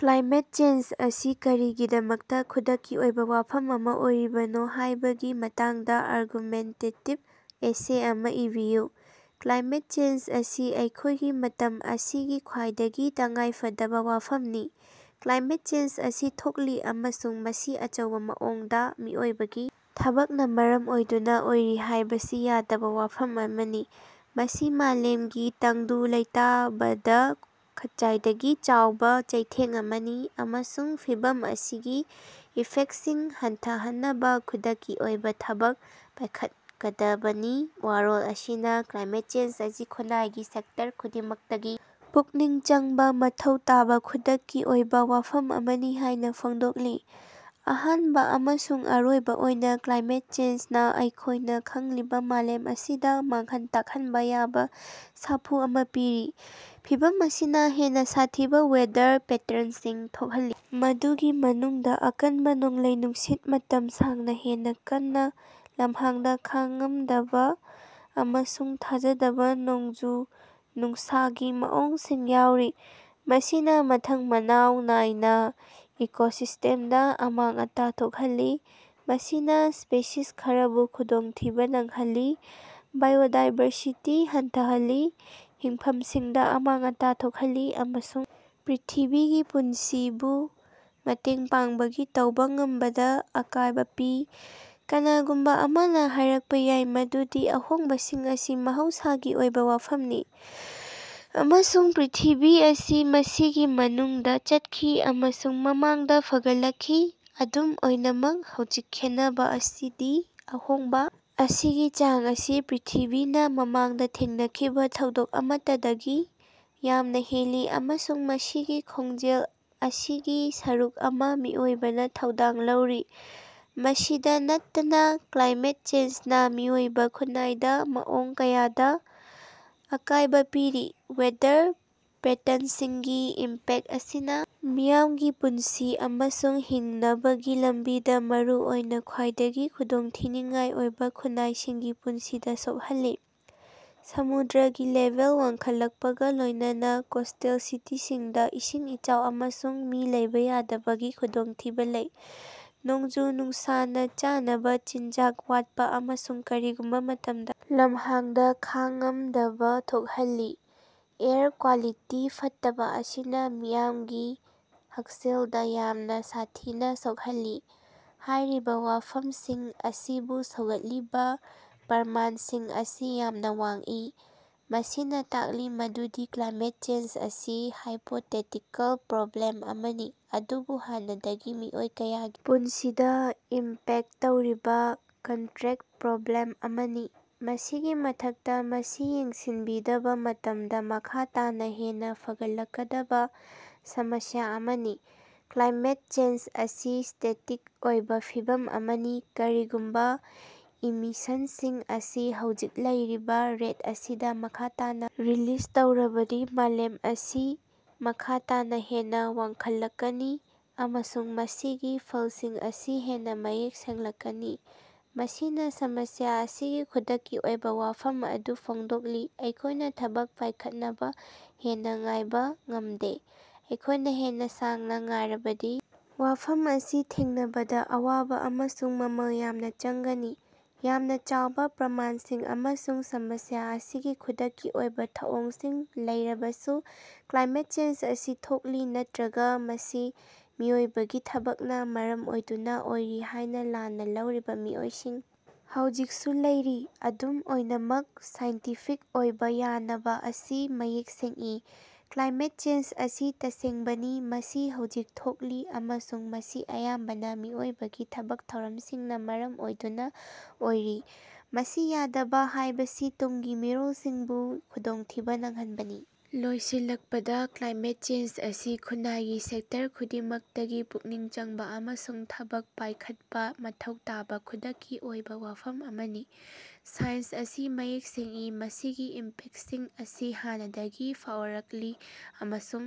Climate change ꯑꯁꯤ ꯀꯔꯤꯒꯤꯗꯃꯛꯇ ꯈꯨꯗꯛꯀꯤ ꯑꯣꯏꯕ ꯋꯥꯐꯝ ꯑꯃ ꯑꯣꯏꯔꯤꯕꯅꯣ ꯍꯥꯌꯕꯒꯤ ꯃꯇꯥꯡꯗ ꯑꯥꯔꯒꯨꯃꯦꯟꯇꯦꯇꯤꯕ ꯑꯦꯁꯦ ꯑꯃ ꯏꯕꯤꯌꯨ꯫ ꯀ꯭ꯂꯥꯏꯃꯦꯠ ꯆꯦꯟꯖ ꯑꯁꯤ ꯑꯩꯈꯣꯌꯒꯤ ꯃꯇꯝ ꯑꯁꯤꯒꯤ ꯈ꯭ꯋꯥꯏꯗꯒꯤ ꯇꯉꯥꯏꯐꯗꯕ ꯋꯥꯐꯝꯅꯤ꯫ ꯀ꯭ꯂꯥꯏꯃꯦꯠ ꯆꯦꯟꯖ ꯑꯁꯤ ꯊꯣꯛꯂꯤ ꯑꯃꯁꯨꯡ ꯃꯁꯤ ꯑꯆꯧꯕ ꯃꯑꯣꯡꯗ ꯃꯤꯑꯣꯏꯕꯒꯤ ꯊꯕꯛꯅ ꯃꯔꯝ ꯑꯣꯏꯗꯨꯅ ꯑꯣꯏꯔꯤ ꯍꯥꯌꯕꯁꯤ ꯌꯥꯗꯕ ꯋꯥꯐꯝ ꯑꯃꯅꯤ꯫ ꯃꯁꯤ ꯃꯥꯂꯦꯝꯒꯤ ꯇꯪꯗꯨ ꯂꯩꯇꯥꯕꯗ ꯈ꯭ꯆꯥꯏꯗꯒꯤ ꯆꯥꯎꯕ ꯆꯩꯊꯦꯡ ꯑꯃꯅꯤ, ꯑꯃꯁꯨꯡ ꯐꯤꯚꯝ ꯑꯁꯤꯒꯤ ꯏꯐꯦꯛꯇꯁꯤꯡ ꯍꯟꯊꯍꯟꯅꯕ ꯈꯨꯗꯛꯀꯤ ꯑꯣꯏꯕ ꯊꯕꯛ ꯄꯥꯌꯈꯠꯀꯗꯕꯅꯤ꯫ ꯋꯥꯔꯣꯜ ꯑꯁꯤꯅ ꯀ꯭ꯂꯥꯏꯃꯦꯠ ꯆꯦꯟꯖ ꯑꯁꯤ ꯈꯨꯟꯅꯥꯏꯒꯤ ꯁꯦꯛꯇꯔ ꯈꯨꯗꯤꯡꯃꯛꯇꯒꯤ ꯄꯨꯛꯅꯤꯡ ꯆꯪꯕ ꯃꯊꯧ ꯇꯥꯕ ꯈꯨꯗꯛꯀꯤ ꯑꯣꯏꯕ ꯋꯥꯐꯝ ꯑꯃꯅꯤ ꯍꯥꯌꯅ ꯐꯣꯡꯗꯣꯛꯂꯤ꯫ ꯑꯍꯥꯟꯕ ꯑꯃꯁꯨꯡ ꯑꯔꯣꯏꯕ ꯑꯣꯏꯅ, ꯀ꯭ꯂꯥꯏꯃꯦꯠ ꯆꯦꯟꯖꯅ ꯑꯩꯈꯣꯌꯅ ꯈꯪꯂꯤꯕꯥ ꯃꯥꯂꯦꯝ ꯑꯁꯤꯗ ꯃꯥꯡꯍꯟ ꯇꯥꯛꯍꯟꯕ ꯌꯥꯕ ꯁꯥꯐꯨ ꯑꯃ ꯄꯤꯔꯤ꯫ ꯐꯤꯚꯝ ꯑꯁꯤꯅ ꯍꯦꯟꯅ ꯁꯥꯊꯤꯕ ꯋꯦꯗꯔ ꯄꯦꯇꯔꯟꯁꯤꯡ ꯊꯣꯛꯍꯜꯂꯤ, ꯃꯗꯨꯒꯤ ꯃꯅꯨꯡꯗ ꯑꯀꯟꯕ ꯅꯣꯡꯂꯩ-ꯅꯨꯡꯁꯤꯠ, ꯃꯇꯝ ꯁꯥꯡꯅ ꯍꯦꯟꯅ ꯀꯟꯅ ꯂꯝꯍꯥꯡꯗ ꯈꯥꯡꯉꯝꯗꯕ, ꯑꯃꯁꯨꯡ ꯊꯥꯖꯗꯕ ꯅꯣꯡꯖꯨ-ꯅꯨꯡꯁꯥꯒꯤ ꯃꯑꯣꯡꯁꯤꯡ ꯌꯥꯎꯔꯤ꯫ ꯃꯁꯤꯅ ꯃꯊꯪ ꯃꯅꯥꯑꯣꯎ ꯅꯥꯏꯅ ꯏꯀꯣꯁꯤꯁ꯭ꯇꯦꯝꯗ ꯑꯃꯥꯡ-ꯑꯇꯥ ꯊꯣꯛꯍꯜꯂꯤ, ꯃꯁꯤꯅ ꯁ꯭ꯄꯦꯁꯤꯁ ꯈꯔꯕꯨ ꯈꯨꯗꯣꯡꯊꯤꯕ ꯅꯪꯍꯜꯂꯤ, ꯕꯥꯏꯑꯣꯗꯥꯏꯕꯔꯁꯤꯇꯤ ꯍꯟꯊꯍꯜꯂꯤ, ꯍꯤꯡꯐꯝꯁꯤꯡꯗ ꯑꯃꯥꯡ-ꯑꯇꯥ ꯊꯣꯛꯍꯜꯂꯤ ꯑꯃꯁꯨꯡ ꯄ꯭ꯔ꯭ꯤꯊꯤꯕꯤꯒꯤ ꯄꯨꯟꯁꯤꯕꯨ ꯃꯇꯦꯡ ꯄꯥꯡꯕꯒꯤ ꯇꯧꯕ ꯉꯝꯕꯗ ꯑꯀꯥꯌꯕ ꯄꯤ꯫ ꯀꯅꯥꯒꯨꯝꯕ ꯑꯃꯅ ꯍꯥꯌꯔꯛꯄ ꯌꯥꯏ ꯃꯗꯨꯗꯤ ꯑꯍꯣꯡꯕꯁꯤꯡ ꯑꯁꯤ ꯃꯍꯧꯁꯥꯒꯤ ꯑꯣꯏꯕ ꯋꯥꯐꯝꯅꯤ, ꯑꯃꯁꯨꯡ ꯄ꯭ꯔ꯭ꯤꯊꯤꯕꯤ ꯑꯁꯤ ꯃꯁꯤꯒꯤ ꯃꯅꯨꯡꯗ ꯆꯠꯈꯤ ꯑꯃꯁꯨꯡ ꯃꯃꯥꯡꯗ ꯐꯒꯠꯂꯛꯈꯤ꯫ ꯑꯗꯨꯝ ꯑꯣꯏꯅꯃꯛ ꯍꯧꯖꯤꯛ ꯈꯦꯟꯅꯕ ꯑꯁꯤꯗꯤ ꯑꯍꯣꯡꯕ ꯑꯁꯤꯒꯤ ꯆꯥꯡ ꯑꯁꯤ ꯄ꯭ꯔ꯭ꯤꯊꯤꯕꯤꯅ ꯃꯃꯥꯡꯗ ꯊꯦꯡꯅꯈꯤꯕ ꯊꯧꯗꯣꯛ ꯑꯃꯠꯇꯗꯒꯤ ꯌꯥꯝꯅ ꯍꯦꯜꯂꯤ ꯑꯃꯁꯨꯡ ꯃꯁꯤꯒꯤ ꯈꯣꯡꯖꯦꯜ ꯑꯁꯤꯒꯤ ꯁꯔꯨꯛ ꯑꯃ ꯃꯤꯑꯣꯏꯕꯅꯥ ꯊꯧꯗꯥꯡ ꯂꯧꯔꯤ꯫ ꯃꯁꯤꯗ ꯅꯠꯇꯅ ꯀ꯭ꯂꯥꯏꯃꯦꯠ ꯆꯦꯟꯖꯅ ꯃꯤꯑꯣꯏꯕꯥ ꯈꯨꯟꯅꯥꯏꯗ ꯃꯑꯣꯡ ꯀꯌꯥꯗ ꯑꯀꯥꯌꯕ ꯄꯤꯔꯤ꯫ ꯋꯦꯗꯔ ꯄꯦꯇꯔꯟꯁꯤꯡꯒꯤ ꯏꯝꯄꯦꯛꯇ ꯑꯁꯤꯅ ꯃꯤꯌꯥꯝꯒꯤ ꯄꯨꯟꯁꯤ ꯑꯃꯁꯨꯡ ꯍꯤꯡꯅꯕꯒꯤ ꯂꯝꯕꯤꯗ ꯃꯔꯨꯑꯣꯏꯅ ꯈ꯭ꯋꯥꯏꯗꯒꯤ ꯈꯨꯗꯣꯡꯊꯤꯅꯤꯉꯥꯏ ꯑꯣꯏꯕ ꯈꯨꯟꯅꯥꯏꯁꯤꯡꯒꯤ ꯄꯨꯟꯁꯤꯗ ꯁꯣꯛꯍꯜꯂꯤ꯫ ꯁꯃꯨꯗ꯭ꯔꯒꯤ ꯂꯦꯚꯦꯜ ꯋꯥꯡꯈꯠꯂꯛꯄꯒ ꯂꯣꯌꯅꯅ ꯀꯣꯁ꯭ꯇꯦꯜ ꯁꯤꯇꯤꯁꯤꯡꯗ ꯏꯁꯤꯡ ꯏꯆꯥꯎ ꯑꯃꯁꯨꯡ ꯃꯤ ꯂꯩꯕ ꯌꯥꯗꯕꯒꯤ ꯈꯨꯗꯣꯡꯊꯤꯕ ꯂꯩ꯫ ꯅꯣꯡꯖꯨ-ꯅꯨꯡꯁꯥꯅ ꯆꯥꯅꯕ ꯆꯤꯟꯖꯥꯛ ꯋꯥꯠꯄ ꯑꯃꯁꯨꯡ ꯀꯔꯤꯒꯨꯝꯕ ꯃꯇꯝꯗ ꯂꯝꯍꯥꯡꯗ ꯈꯥꯡꯉꯝꯗꯕ ꯊꯣꯛꯍꯜꯂꯤ꯫ ꯑꯦꯌꯔ ꯀ꯭ꯋꯥꯂꯤꯇꯤ ꯐꯠꯇꯕ ꯑꯁꯤꯅ ꯃꯤꯌꯥꯝꯒꯤ ꯍꯛꯁꯦꯜꯗ ꯌꯥꯝꯅ ꯁꯥꯊꯤꯅ ꯁꯣꯛꯍꯜꯂꯤ꯫ ꯍꯥꯌꯔꯤꯕ ꯋꯥꯐꯃꯝꯁꯤꯡ ꯑꯁꯤꯕꯨ ꯁꯧꯒꯠꯂꯤꯕ ꯄ꯭ꯔꯃꯥꯟꯁꯤꯡ ꯑꯁꯤ ꯌꯥꯝꯅ ꯋꯥꯡꯏ, ꯃꯁꯤꯅ ꯇꯥꯛꯂꯤ ꯃꯗꯨꯗꯤ ꯀ꯭ꯂꯥꯏꯃꯦꯠ ꯆꯦꯟꯖ ꯑꯁꯤ ꯍꯥꯏꯄꯣꯇꯦꯇꯤꯀꯜ ꯄ꯭ꯔꯣꯕ꯭ꯂꯦꯝ ꯑꯃꯅꯤ, ꯑꯗꯨꯕꯨ ꯍꯥꯟꯅꯗꯒꯤ ꯃꯤꯑꯣꯏ ꯀꯌꯥꯒꯤ ꯄꯨꯟꯁꯤꯗ ꯏꯝꯄꯦꯛꯇ ꯇꯧꯔꯤꯕ ꯀꯟꯇ꯭ꯔꯦꯛꯇ ꯄ꯭ꯔꯣꯕ꯭ꯂꯦꯝ ꯑꯃꯅꯤ꯫ ꯃꯁꯤꯒꯤ ꯃꯊꯛꯇ, ꯃꯁꯤ ꯌꯦꯡꯁꯤꯟꯕꯤꯗꯕ ꯃꯇꯝꯗ ꯃꯈꯥ ꯇꯥꯅ ꯍꯦꯟꯅ ꯐꯒꯠꯂꯛꯀꯗꯕ ꯁꯃꯁ꯭ꯌꯥ ꯑꯃꯅꯤ꯫ ꯀ꯭ꯂꯥꯏꯃꯦꯠ ꯆꯦꯟꯖ ꯑꯁꯤ ꯁ꯭ꯇꯦꯇꯤꯛ ꯑꯣꯏꯕꯥ ꯐꯤꯚꯝ ꯑꯃꯅꯤ, ꯀꯔꯤꯒꯨꯝꯕ ꯏꯃꯤꯁꯟꯁꯤꯡ ꯑꯁꯤ ꯍꯧꯖꯤꯛ ꯂꯩꯔꯤꯕ ꯔꯦꯠ ꯑꯁꯤꯗ ꯃꯈꯥ ꯇꯥꯅ ꯔꯤꯂꯤꯖ ꯇꯧꯔꯕꯗꯤ ꯃꯥꯂꯦꯝ ꯑꯁꯤ ꯃꯈꯥ ꯇꯥꯅ ꯍꯦꯟꯅ ꯋꯥꯡꯈꯠꯂꯛꯀꯅꯤ, ꯑꯃꯁꯨꯡ ꯃꯁꯤꯒꯤ ꯐꯜꯁꯤꯡ ꯑꯁꯤ ꯍꯦꯟꯅ ꯃꯌꯦꯛ ꯁꯦꯡꯂꯛꯀꯅꯤ꯫ ꯃꯁꯤꯅ ꯁꯃꯁ꯭ꯌꯥ ꯑꯁꯤꯒꯤ ꯈꯨꯗꯛꯀꯤ ꯑꯣꯏꯕ ꯋꯥꯐꯝ ꯑꯗꯨ ꯐꯣꯡꯗꯣꯛꯂꯤ ꯑꯩꯈꯣꯌꯅ ꯊꯕꯛ ꯄꯥꯌꯈꯠꯅꯕ ꯍꯦꯟꯅ ꯉꯥꯏꯕ ꯉꯝꯗꯦ꯫ ꯑꯩꯈꯣꯌꯅ ꯍꯦꯟꯅ ꯁꯥꯡꯅ ꯉꯥꯏꯔꯕꯗꯤ, ꯋꯥꯐꯝ ꯑꯁꯤ ꯊꯦꯡꯅꯕꯗ ꯑꯋꯥꯕ ꯑꯃꯁꯨꯡ ꯃꯃꯜ ꯌꯥꯝꯅ ꯆꯪꯒꯅꯤ꯫ ꯌꯥꯝꯅ ꯆꯥꯎꯕ ꯄ꯭ꯔꯃꯥꯟꯁꯤꯡ ꯑꯃꯁꯨꯡ ꯁꯃꯁ꯭ꯌꯥ ꯑꯁꯤꯒꯤ ꯈꯨꯗꯛꯀꯤ ꯑꯣꯏꯕ ꯊꯧꯑꯣꯡꯁꯤꯡ ꯂꯩꯔꯕꯁꯨ, ꯀ꯭ꯂꯥꯏꯃꯦꯠ ꯆꯦꯟꯖ ꯑꯁꯤ ꯊꯣꯛꯂꯤ ꯅꯠꯇ꯭ꯔꯒꯥ ꯃꯁꯤ ꯃꯤꯑꯣꯏꯕꯒꯤ ꯊꯕꯛꯅ ꯃꯔꯝ ꯑꯣꯏꯗꯨꯅ ꯑꯣꯏꯔꯤ ꯍꯥꯌꯅ ꯂꯥꯟꯅ ꯂꯧꯔꯤꯕ ꯃꯤꯑꯣꯏꯁꯤꯡ ꯍꯧꯖꯤꯛꯁꯨ ꯂꯩꯔꯤ꯫ ꯑꯗꯨꯝ ꯑꯣꯏꯅꯃꯛ, ꯁꯥꯏꯟꯇꯤꯐꯤꯛ ꯑꯣꯏꯕ ꯌꯥꯅꯕ ꯑꯁꯤ ꯃꯌꯦꯛ ꯁꯦꯡꯏ: ꯀ꯭ꯂꯥꯏꯃꯦꯠ ꯆꯦꯟꯖ ꯑꯁꯤ ꯇꯁꯦꯡꯕꯅꯤ, ꯃꯁꯤ ꯍꯧꯖꯤꯛ ꯊꯣꯛꯂꯤ, ꯑꯃꯁꯨꯡ ꯃꯁꯤ ꯑꯌꯥꯝꯕꯅ ꯃꯤꯑꯣꯏꯕꯒꯤ ꯊꯕꯛ ꯊꯧꯔꯝꯁꯤꯡꯅ ꯃꯔꯝ ꯑꯣꯏꯗꯨꯅ ꯑꯣꯏꯔꯤ꯫ ꯃꯁꯤ ꯌꯥꯗꯕ ꯍꯥꯌꯕꯁꯤ ꯇꯨꯡꯒꯤ ꯃꯤꯔꯣꯜꯁꯤꯡꯕꯨ ꯈꯨꯗꯣꯡꯊꯤꯕ ꯅꯪꯍꯟꯕꯅꯤ꯫ ꯂꯣꯏꯁꯤꯜꯂꯛꯄꯗ, ꯀ꯭ꯂꯥꯏꯃꯦꯠ ꯆꯦꯟꯖ ꯑꯁꯤ ꯈꯨꯟꯅꯥꯏꯒꯤ ꯁꯦꯛꯇꯔ ꯈꯨꯗꯤꯡꯃꯛꯇꯒꯤ ꯄꯨꯛꯅꯤꯡ ꯆꯪꯕ ꯑꯃꯁꯨꯡ ꯊꯕꯛ ꯄꯥꯌꯈꯠꯄ ꯃꯊꯧ ꯇꯥꯕ ꯈꯨꯗꯛꯀꯤ ꯑꯣꯏꯕ ꯋꯥꯐꯝ ꯑꯃꯅꯤ꯫ ꯁꯥꯏꯟꯁ ꯑꯁꯤ ꯃꯌꯦꯛ ꯁꯦꯡꯏ, ꯃꯁꯤꯒꯤ ꯏꯝꯄꯦꯛꯇꯁꯤꯡ ꯑꯁꯤ ꯍꯥꯟꯅꯗꯒꯤ ꯐꯥꯑꯣꯔꯛꯂꯤ ꯑꯃꯁꯨꯡ